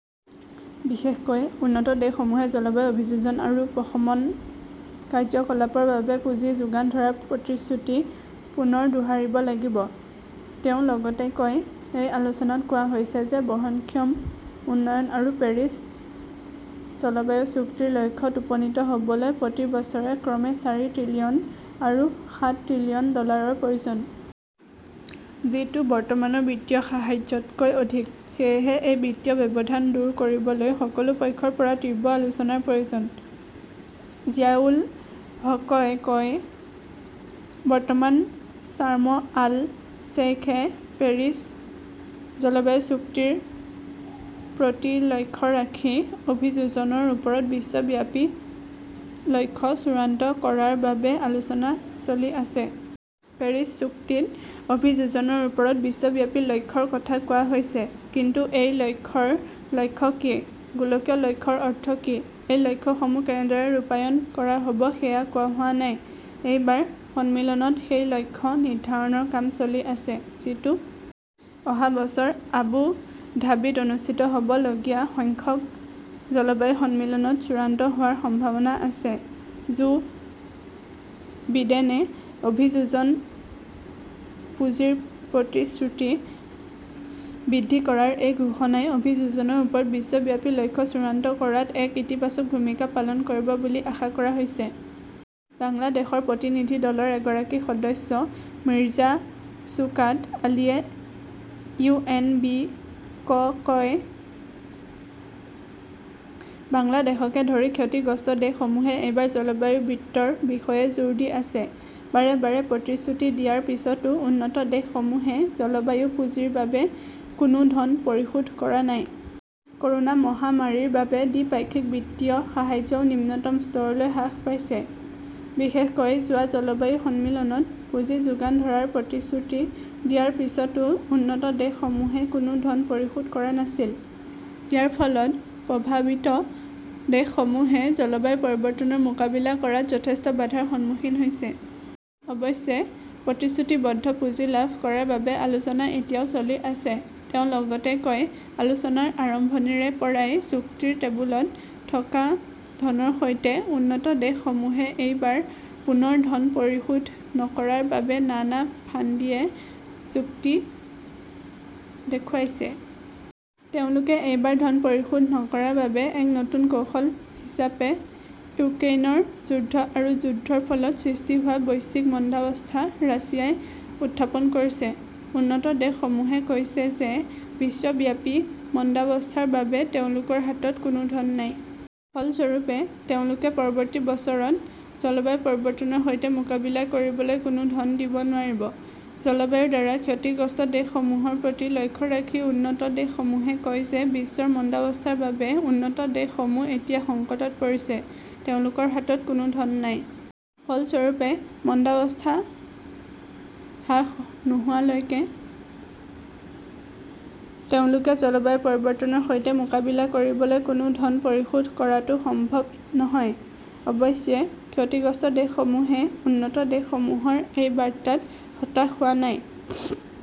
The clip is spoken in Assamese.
বিশেষকৈ, উন্নত দেশসমূহে জলবায়ু অভিযোজন আৰু প্ৰশমন কাৰ্যকলাপৰ বাবে পুঁজি যোগান ধৰাৰ প্ৰতিশ্ৰুতি পুনৰ দোহাৰিব লাগিব ", তেওঁ লগতে কয়", এই আলোচনাত কোৱা হৈছে যে বহনক্ষম উন্নয়ন আৰু পেৰিছ জলবায়ু চুক্তিৰ লক্ষ্যত উপনীত হ'বলৈ প্ৰতি বছৰে ক্ৰমে চাৰি ত্ৰিলিয়ন আৰু সাত ত্ৰিলিয়ন ডলাৰৰ প্ৰয়োজন। যিটো বৰ্তমানৰ বিত্তীয় সাহায্যতকৈ অধিক। সেয়েহে এই বিত্তীয় ব্যৱধান দূৰ কৰিবলৈ সকলো পক্ষৰ পৰা তীব্ৰ আলোচনাৰ প্ৰয়োজন ", জিয়াউল হকই কয়", বৰ্তমান চাৰ্ম আল শ্বেইখে পেৰিছ জলবায়ু চুক্তিৰ প্ৰতি লক্ষ্য ৰাখি অভিযোজনৰ ওপৰত বিশ্বব্যাপী লক্ষ্য চূড়ান্ত কৰাৰ বাবে আলোচনা চলি আছে। পেৰিছ চুক্তিত অভিযোজনৰ ওপৰত বিশ্বব্যাপী লক্ষ্যৰ কথা কোৱা হৈছে। কিন্তু এই লক্ষ্যৰ লক্ষ্য কি, গোলকীয় লক্ষ্যৰ অৰ্থ কি, এই লক্ষ্যসমূহ কেনেদৰে ৰূপায়ণ কৰা হ'ব সেয়া কোৱা হোৱা নাই। "এইবাৰ সন্মিলনত সেই লক্ষ্য নিৰ্ধাৰণৰ কাম চলি আছে।"যিটো অহা বছৰ আবু ধাবীত অনুষ্ঠিত হ'বলগীয়া সংখ্যক জলবায়ু সন্মিলনত চূড়ান্ত হোৱাৰ সম্ভাৱনা আছে। জো বিডেনে অভিযোজন পুঁজিৰ প্ৰতিশ্ৰুতি বৃদ্ধি কৰাৰ এই ঘোষণাই অভিযোজনৰ ওপৰত বিশ্বব্যাপী লক্ষ্য চূড়ান্ত কৰাত এক ইতিবাচক ভূমিকা পালন কৰিব বুলি আশা কৰা হৈছে। বাংলাদেশৰ প্ৰতিনিধি দলৰ এগৰাকী সদস্য মিৰ্জা শ্বোকাত আলীয়ে ইউ. এন. বি. -ক কয়, "বাংলাদেশকে ধৰি ক্ষতিগ্ৰস্ত দেশসমূহে এইবাৰ জলবায়ু বিত্তৰ বিষয়ে জোৰ দি আছে। বাৰে বাৰে প্ৰতিশ্ৰুতি দিয়াৰ পিছতো উন্নত দেশসমূহে জলবায়ু পুঁজিৰ বাবে কোনো ধন পৰিশোধ কৰা নাই। ক'ৰোনা মহামাৰীৰ বাবে দ্বিপাক্ষিক বিত্তীয় সাহায্যও নিম্নতম স্তৰলৈ হ্ৰাস পাইছে। বিশেষকৈ যোৱা জলবায়ু সন্মিলনত পুঁজি যোগান ধৰাৰ প্ৰতিশ্ৰুতি দিয়াৰ পিছতো উন্নত দেশসমূহে কোনো ধন পৰিশোধ কৰা নাছিল। ইয়াৰ ফলত প্ৰভাৱিত দেশসমূহে জলবায়ু পৰিৱৰ্তনৰ মোকাবিলা কৰাত যথেষ্ট বাধাৰ সন্মুখীন হৈছে। অৱশ্যে, প্ৰতিশ্ৰুতিবদ্ধ পুঁজি লাভ কৰাৰ বাবে আলোচনা এতিয়াও চলি আছে। "তেওঁ লগতে কয়", আলোচনাৰ আৰম্ভণিৰে পৰাই চুক্তিৰ টেবুলত থকা ধনৰ সৈতে, উন্নত দেশসমূহে এইবাৰ পুনৰ ধন পৰিশোধ নকৰাৰ বাবে নানা ফাণ্ডীয়ে যুক্তি দেখুৱাইছে। তেওঁলোকে এইবাৰ ধন পৰিশোধ নকৰাৰ বাবে এক নতুন কৌশল হিচাপে ইউক্ৰেইনৰ যুদ্ধ আৰু যুদ্ধৰ ফলত সৃষ্টি হোৱা বৈশ্বিক মন্দাৱস্থা ৰাছিয়াই উত্থাপন কৰিছে। "উন্নত দেশসমূহে কৈছে যে বিশ্বব্যাপী মন্দাৱস্থাৰ বাবে তেওঁলোকৰ হাতত কোনো ধন নাই। "ফলস্বৰূপে, তেওঁলোকে পৰৱৰ্তী বছৰত জলবায়ু পৰিৱৰ্তনৰ সৈতে মোকাবিলা কৰিবলৈ কোনো ধন দিব নোৱাৰিব। জলবায়ুৰ দ্বাৰা ক্ষতিগ্ৰস্ত দেশসমূহৰ প্ৰতি লক্ষ্য ৰাখি উন্নত দেশসমূহে কয় যে বিশ্বৰ মন্দাৱস্থাৰ বাবে উন্নত দেশসমূহ এতিয়া সংকটত পৰিছে। তেওঁলোকৰ হাতত কোনো ধন নাই। ফলস্বৰূপে মন্দাৱস্থা হ্ৰাস নোহোৱালৈকে তেওঁলোকে জলবায়ু পৰিৱৰ্তনৰ সৈতে মোকাবিলা কৰিবলৈ কোনো ধন পৰিশোধ কৰাটো সম্ভৱ নহয়। অৱশ্যে, ক্ষতিগ্ৰস্ত দেশসমূহে উন্নত দেশসমূহৰ এই বাৰ্তাত হতাশ হোৱা নাই।